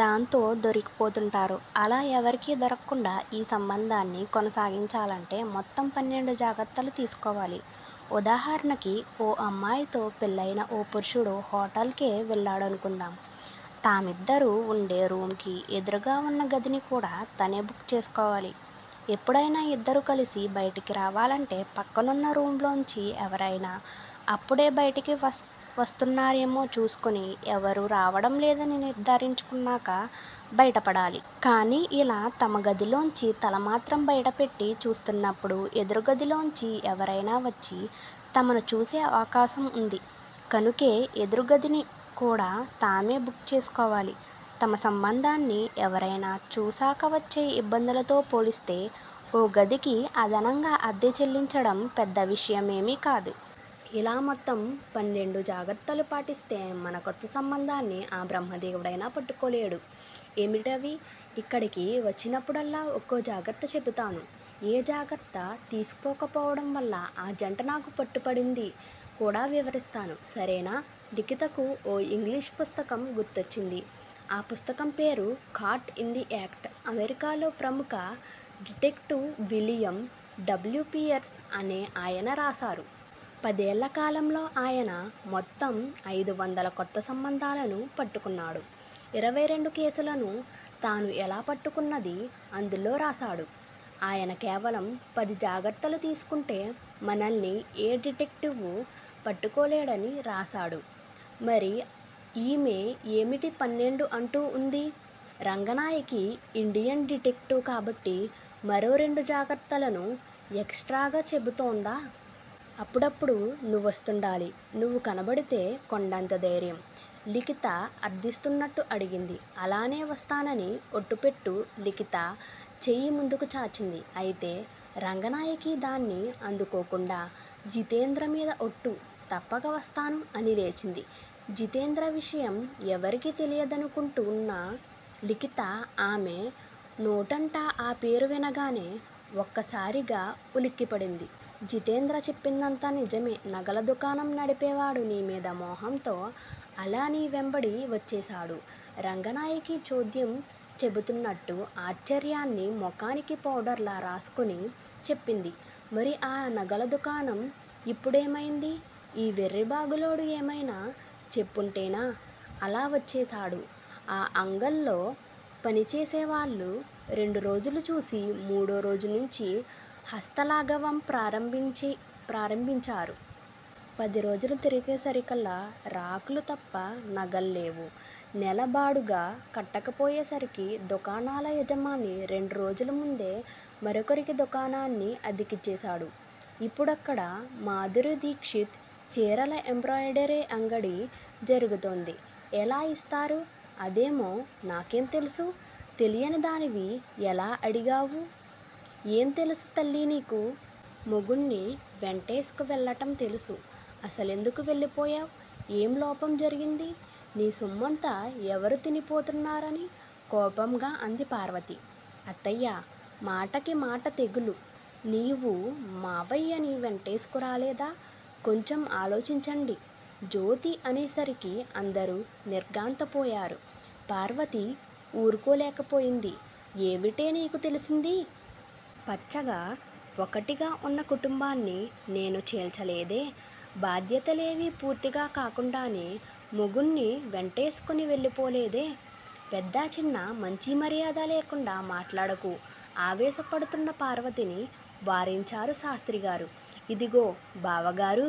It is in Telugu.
దాంతో దొరికిపోతుంటారు. అలా ఎవరికీ దొరక్కుండా ఈ సంబంధాన్ని కొనసాగించాలంటే మొత్తం పన్నెండు జాగ్రత్తలు తీసుకోవాలి. ఉదాహరణకి ఓ అమ్మాయితో పెళ్ళయిన ఓ పురుషుడు హోటల్ కే వెళ్ళాడనుకుందాం. తామిద్దరూ వుండే రూమ్ కి ఎదురుగా వున్న గదిని కూడా తనే బుక్ చేసుకోవాలి. ఎప్పుడయినా ఇద్దరూ కలిసి బయటికి రావాలంటే పక్కనున్న రూమ్ లోంచి ఎవరయినా అప్పుడే బయటికి వస్తున్నారేమో చూసుకుని ఎవరూ రావడం లేదని నిర్దారించుకున్నాక బయటపడాలి. కానీ ఇలా తమ గదిలోంచి తల మాత్రం బయటపెట్టి చూస్తున్నప్పుడు ఎదురుగదిలోంచి ఎవరయినా వచ్చి తమను చూసే అవకాశం వుంది. కనుకే ఎదురుగదిని కూడా తామే బుక్ చేసుకోవాలి. తమ సంబంధాన్ని ఎవరయినా చూశాక వచ్చే ఇబ్బందులతో పోలిస్తే ఓ గదికి అదనంగా అద్దె చెల్లించడం పెద్ద విషయమేమీ కాదు. ఇలా మొత్తం పన్నెండు జాగ్రత్తలు పాటిస్తే మన కొత్త సంబంధాన్ని ఆ బ్రహ్మదేవుడైనా పట్టుకోలేడు. ఏమిటవి? ఇక్కడికి వచ్చినప్పుడల్లా ఒక్కో జాగ్రత్త చెబుతాను. ఏ జాగ్రత్త తీసుకోకపోవడంవల్ల ఆ జంట నాకు పట్టుపడింది కూడా వివరిస్తాను. సరేనా? లిఖితకు ఓ ఇంగ్లీషు పుస్తకం గుర్తొచ్చింది. ఆ పుస్తకం పేరు 'కాట్ ఇన్ ది యాక్ట్' అమెరికాలో ప్రముఖ డిటెక్టివ్ విలియం డబ్ల్యు పియర్స్ అనే ఆయన రాశారు. పదేళ్ళ కాలంలో ఆయన మొత్తం ఐదువందల కొత్త సంబంధాలను పట్టుకున్నాడు. ఇరవై రెండు కేసులను తాను ఎలా పట్టుకున్నదీ అందులో రాశాడు. ఆయన కేవలం పది జాగ్రత్తలు తీసుకుంటే మనల్ని ఏ డిటెక్టివ్వూ పట్టుకోలేడని రాశాడు. మరి ఈమె ఏమిటి పన్నెండు అంటూ వుంది. రంగనాయకి ఇండియన్ డిటెక్టివ్ కాబట్టి మరో రెండు జాగ్రత్తలను ఎక్ స్ట్రాగా చెబుతోందా? అప్పుడప్పుడూ నువ్వొస్తుండాలి. నువ్వు కనబడితే కొండంత ధైర్యం లిఖిత అర్దిస్తున్నట్టు అడిగింది. అలానే వస్తానని ఒట్టు పెట్టు లిఖిత చేయి ముందుకు చాచింది. అయితే రంగనాయకి దాన్ని అందుకోకుండా జితేంద్రమీద ఒట్టు- తప్పక వస్తాను అని లేచింది. జితేంద్ర విషయం ఎవరికీ తెలియదనుకుంటున్న లిఖిత ఆమె నోటంట ఆ పేరు వినగానే ఒక్కసారిగా ఉలిక్కిపడింది. జితేంద్ర చెప్పిందంతా నిజమే నగల దుకాణం నడిపేవాడు. నీమీది మోహంతో అలా నీ వెంబడి వచ్చేశాడు రంగనాయకి చోద్యం చెబుతున్నట్టు ఆశ్చర్యాన్ని ముఖానికి పౌడర్ లా రాసుకుని చెప్పింది. మరి ఆ నగల దుకాణం ఇప్పుడేమైంది! ఈ వెర్రిబాగులోడు ఏమైనా చెప్పుంటేనా? అలా వచ్చేశాడు. ఆ అంగల్లో పనిచేసే వాళ్ళు రెండురోజులు చూసి మూడోరోజు నుంచి హస్తలాఘవం ప్రారంభించారు. పదిరోజులు తిరిగేసరికల్లా రాక్ లు తప్ప నగల్లేవు. నెల బాడుగ కట్టకపోయేసరికి దుకాణాల యజమాని రెండురోజుల ముందే మరొకరికి దుకాణాన్ని అద్దెకిచ్చేశాడు. ఇప్పుడక్కడ మాధురీదీక్షిత్ చీరల ఎంబ్రాయిడరీ అంగడి జరుగుతోంది। ఎలా యిస్తారు అదేమో నాకేం తెలుసు. తెలియనిదానివి ఎలా అడిగావ్? ఏం తెలుసు తల్లి నీకు? మొగుణ్ని వెంటేసుకు వెళ్ళటం తెలుసు? అసలెందుకు వెళ్ళిపోయావు. ఏం లోపం జరిగింది? నీ సొమ్మంతా ఎవరు తినిపోతున్నారని? కోపంగా అంది పార్వతి. అత్తయ్యా! మాటకి మాట తెగులు! నీవూ మావయ్యని వెంటేసుకురాలేదా? కొంచెం ఆలోచించండి. జ్యోతి అనేసరికి అందరూ నిర్ఘాంతపోయారు. పార్వతి వూరుకోలేక పోయింది. ఏవిటే నీకు తెలిసింది. పచ్చగా ఒకటిగా వున్న కుటుంబాన్ని నేను చీల్చలేదే? బాధ్యతలేవీ పూర్తి కాకుండానే మొగుణ్ని వెంటేసుకుని వెళ్ళిపోలేదే? పెద్దా చిన్నా, మంచీ మర్యాదా లేకుండా మాట్లాడకు ఆవేశపడుతున్న పార్వతిని వారించారు శాస్త్రిగారు. ఇదిగో బావగారూ!